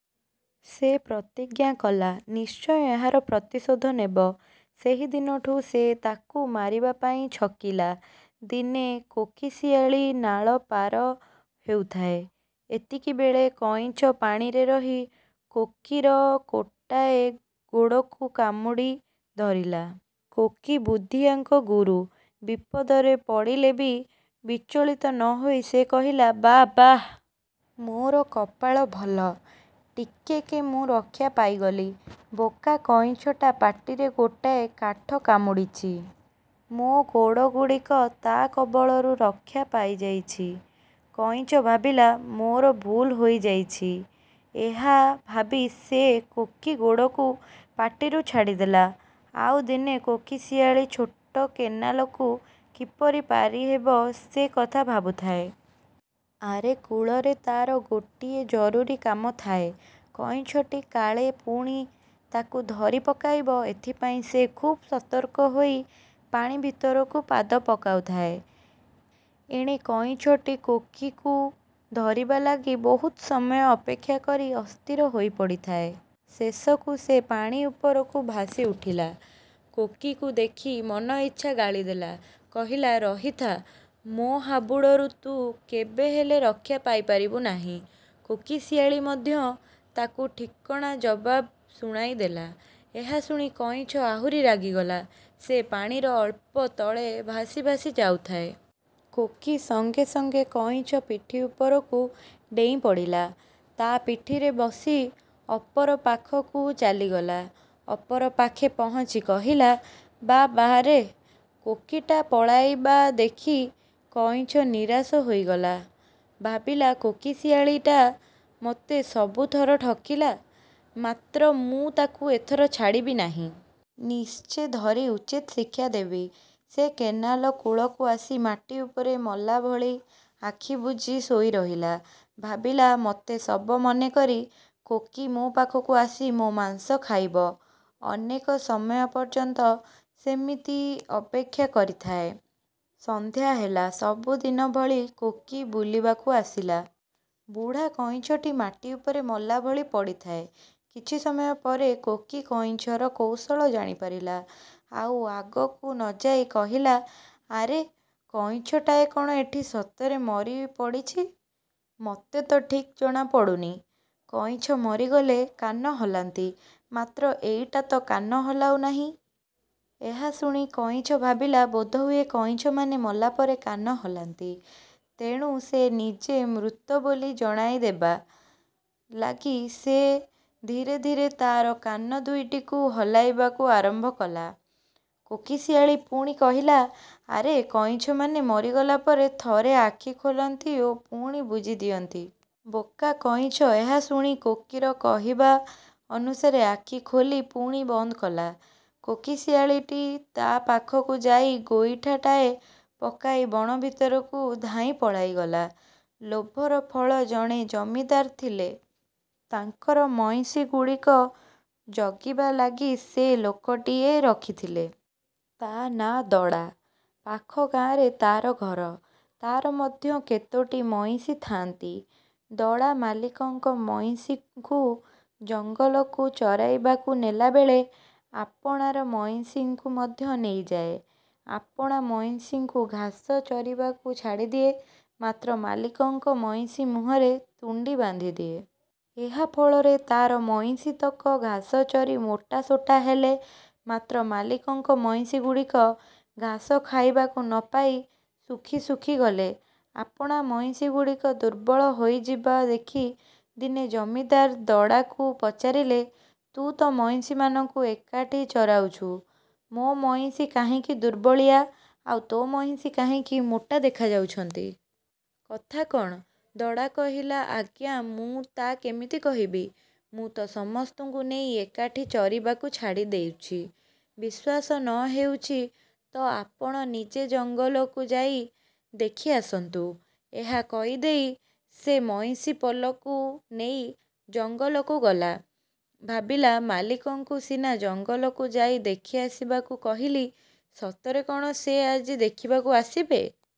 ସେ ପ୍ରତିଜ୍ଞା କଲା, ନିଶ୍ଚୟ ଏହାର ପ୍ରତିଶୋଧ ନେବ। ସେହିଦିନଠୁ ସେ ତାକୁ ମାରିବାପାଇଁ ଛକିଲା। ଦିନେ କୋକିଶିଆଳୀ ନାଳ ପାର ହେଉଥାଏ। ଏତିକିବେଳେ କଇଁଛ ପାଣିରେ ରହି କୋକିର ଗୋଟାଏ ଗୋଡ଼କୁ କାମୁଡ଼ି ଧରିଲା। କୋକି ବୁଦ୍ଧିଆଙ୍କ ଗୁରୁ। ବିପଦରେ ପଡ଼ିଲେ ବି ବିଚଳିତ ନ ହୋଇ ସେ କହିଲା-''ବାଃ ବାଃ! ମୋର କପାଳ ଭଲ। ଟିକେକେ ମୁଁ ରକ୍ଷା ପାଇଗଲି। ବୋକା କଇଁଛଟା ପାଟିରେ ଗୋଟାଏ କାଠ କାମୁଡ଼ିଛି। ମୋ ଗୋଡ଼ଗୁଡ଼ିକ ତା' କବଳରୁ ରକ୍ଷା ପାଇଯାଇଛି। '' କଇଁଛ ଭାବିଲା, ମୋର ଭୁଲ୍ ହୋଇଯାଇଛି। ଏହା ଭାବି ସେ କୋକି ଗୋଡ଼କୁ ପାଟିରୁ ଛାଡ଼ିଦେଲା। ଆଉଦିନେ କୋକିଶିଆଳୀ ଛୋଟ କେନାଲକୁ କିପରି ପାରିହେବ ସେ କଥା ଭାବୁଥାଏ। ଆରେ କୂଳରେ ତା'ର ଗୋଟିଏ ଜରୁରୀ କାମ ଥାଏ। କଇଁଛଟି କାଳେ ପୁଣି ତାକୁ ଧରି ପକାଇବ ଏଥିପାଇଁ ସେ ଖୁବ୍ ସତର୍କ ହୋଇ ପାଣି ଭିତରକୁ ପାଦ ପକାଉଥାଏ। ଏଣେ କଇଁଛଟି କୋକିକୁ ଧରିବା ଲାଗି ବହୁତ ସମୟ ଅପେକ୍ଷା କରି ଅସ୍ଥିର ହୋଇପଡ଼ିଥାଏ। ଶେଷକୁ ସେ ପାଣି ଉପରକୁ ଭାସିଉଠିଲା। କୋକିକୁ ଦେଖି ମନଇଚ୍ଛା ଗାଳିଦେଲା। କହିଲା-''ରହିଥା, ମୋ ହାବୁଡ଼ରୁ ତୁ କେବେହେଲେ ରକ୍ଷା ପାଇପାରିବୁ ନାହିଁ। କୋକିଶିଆଳୀ ମଧ୍ୟ ତାକୁ ଠିକଣା ଜବାବ ଶୁଣାଇ ଦେଲା। ଏହା ଶୁଣି କଇଁଛ ଆହୁରି ରାଗିଗଲା। ସେ ପାଣିର ଅଳ୍ପ ତଳେ ଭାସି ଭାସି ଯାଉଥାଏ। କୋକି ସଙ୍ଗେ ସଙ୍ଗେ କଇଁଛ ପିଠି ଉପରକୁ ଡେଇଁ ପଡ଼ିଲା। ତା' ପିଠିରେ ବସି ଅପର ପାଖକୁ ଚାଲିଗଲା। ଅପର ପାଖେ ପହଞ୍ଚି କହିଲା-''ବାଃ, ବାଃରେ। କୋକିଟା ପଳାଇବା ଦେଖି କଇଁଛ ନିରାଶ ହୋଇଗଲା। '' ଭାବିଲା କୋକିଶିଆଳୀଟା ମୋତେ ସବୁଥର ଠକିଲା; ମାତ୍ର ମୁଁ ତାକୁ ଏଥର ଛାଡ଼ିବିନାହିଁ। ନିଶ୍ଚେ ଧରି ଉଚିତ୍ ଶିକ୍ଷା ଦେବି। ସେ କେନାଲ କୂଳକୁ ଆସି ମାଟି ଉପରେ ମଲାଭଳି ଆଖି ବୁଜି ଶୋଇରହିଲା। ଭାବିଲା-ମୋତେ ଶବ ମନେକରି କୋକି ମୋ ପାଖକୁ ଆସି ମୋ ମାଂସ ଖାଇବ। ଅନେକ ସମୟ ପର୍ଯ୍ୟନ୍ତ ସେମିତି ଅପେକ୍ଷା କରିଥାଏ। ସନ୍ଧ୍ୟା ହେଲା, ସବୁଦିନ ଭଳି କୋକି ବୁଲିବାକୁ ଆସିଲା। ବୁଢ଼ା କଇଁଛଟି ମାଟି ଉପରେ ମଲାଭଳି ପଡ଼ିଥାଏ। କିଛି ସମୟ ପରେ କୋକି କଇଁଛର କୌଶଳ ଜାଣିପାରିଲା। ଆଉ ଆଗକୁ ନଯାଇ କହିଲା-''ଆରେ କଇଁଛଟାଏ କ'ଣ ଏଠି ସତରେ ମରି ପଡ଼ିଛି। ମତେତ ଠିକ୍ ଜଣାପଡ଼ୁନି। କଇଁଛ ମରିଗଲେ କାନ ହଲାନ୍ତି; ମାତ୍ର ଏଇଟାତ କାନ ହଲାଉନାହିଁ। '' ଏହା ଶୁଣି କଇଁଛ ଭାବିଲା ବୋଧହୁଏ କଇଁଛମାନେ ମଲାପରେ କାନ ହଲାନ୍ତି। ତେଣୁ ସେ ନିଜେ ମୃତ ବୋଲି ଜଣାଇ ଦେବା। ଲାଗି ସେ ଧୀରେ ଧୀରେ ତା'ର କାନଦୁଇଟିକୁ ହଲାଇବାକୁ ଆରମ୍ଭକଲା। କୋକିଶିଆଳୀ ପୁଣି କହିଲା-''ଆରେ କଇଁଛମାନେ ମରିଗଲା ପରେ ଥରେ ଆଖି ଖୋଲନ୍ତି ଓ ପୁଣି ବୁଜିଦିଅନ୍ତି। '' ବୋକା କଇଁଛ ଏହା ଶୁଣି କୋକିର କହିବା ଅନୁସାରେ ଆଖି ଖୋଲି ପୁଣି ବନ୍ଦକଲା। କୋକିଶିଆଳୀଟି ତା' ପାଖକୁ ଯାଇ ଗୋଇଠାଟାଏ ପକାଇ ବଣ ଭିତରକୁ ଧାଇଁ ପଳାଇଗଲା। ଲୋଭର ଫଳ ଜଣେ ଜମିଦାର ଥିଲେ। ତାଙ୍କର ମଇଁଷିଗୁଡ଼ିକ ଜଗିବା ଲାଗି ସେ ଲୋକଟିଏ ରଖିଥିଲେ। ତା' ନା ଦଡ଼ା। ପାଖ ଗାଁରେ ତା'ର ଘର। ତା'ର ମଧ୍ୟ କେତୋଟି ମଇଁଷି ଥାଆନ୍ତି। ଦଡ଼ା ମାଲିକଙ୍କ ମଇଁଷିଙ୍କୁ ଜଙ୍ଗଲକୁ ଚରାଇବାକୁ ନେଲାବେଳେ ଆପଣାର ମଇଁଷିଙ୍କୁ ମଧ୍ୟ ନେଇଯାଏ। ଆପଣା ମଇଁଷିଙ୍କୁ ଘାସ ଚରିବାକୁ ଛାଡ଼ିଦିଏ; ମାତ୍ର ମାଲିକଙ୍କ ମଇଁଷି ମୁହଁରେ ତୁଣ୍ଡି ବାନ୍ଧିଦିଏ। ଏହା ଫଳରେ ତା'ର ମଇଁଷିତକ ଘାସ ଚରି ମୋଟାସୋଟା ହେଲେ; ମାତ୍ର ମାଲିକଙ୍କ ମଇଁଷିଗୁଡ଼ିକ ଘାସ ଖାଇବାକୁ ନପାଇ ଶୁଖିଶୁଖି ଗଲେ। ଆପଣା ମଇଁଷିଗୁଡ଼ିକ ଦୁର୍ବଳ ହୋଇଯିବା ଦେଖି ଦିନେ ଜମିଦାର ଦଡ଼ାକୁ ପଚାରିଲେ-''ତୁ ତ ମଇଁଷିମାନଙ୍କୁ ଏକାଠି ଚରାଉଛୁ, ମୋ ମଇଁଷି କାହିଁକି ଦୁର୍ବଳିଆ, ଆଉ ତୋ ମଇଁଷି କାହିଁକି ମୋଟା ଦେଖାଯାଉଛନ୍ତି? କଥା କ'ଣ? '' ଦଡ଼ା କହିଲା-''ଆଜ୍ଞା ମୁଁ ତା' କେମିତି କହିବି? ମୁ ତ ସମସ୍ତଙ୍କୁ ନେଇ ଏକାଠି ଚରିବାକୁ ଛାଡ଼ିଦେଉଛି। ବିଶ୍ୱାସ ନ ହେଉଛି ତ ଆପଣ ନିଜେ ଜଙ୍ଗଲକୁ ଯାଇ ଦେଖିଆସନ୍ତୁ। ଏହା କହିଦେଇ ସେ ମଇଁଷିପଲକୁ ନେଇ ଜଙ୍ଗଲକୁ ଗଲା। ଭାବିଲା ମାଲିକଙ୍କୁ ସିନା ଜଙ୍ଗଲକୁ ଯାଇ ଦେଖି ଆସିବାକୁ କହିଲି, ସତରେ କ'ଣ ସେ ଆଜି ଦେଖିବାକୁ ଆସିବେ!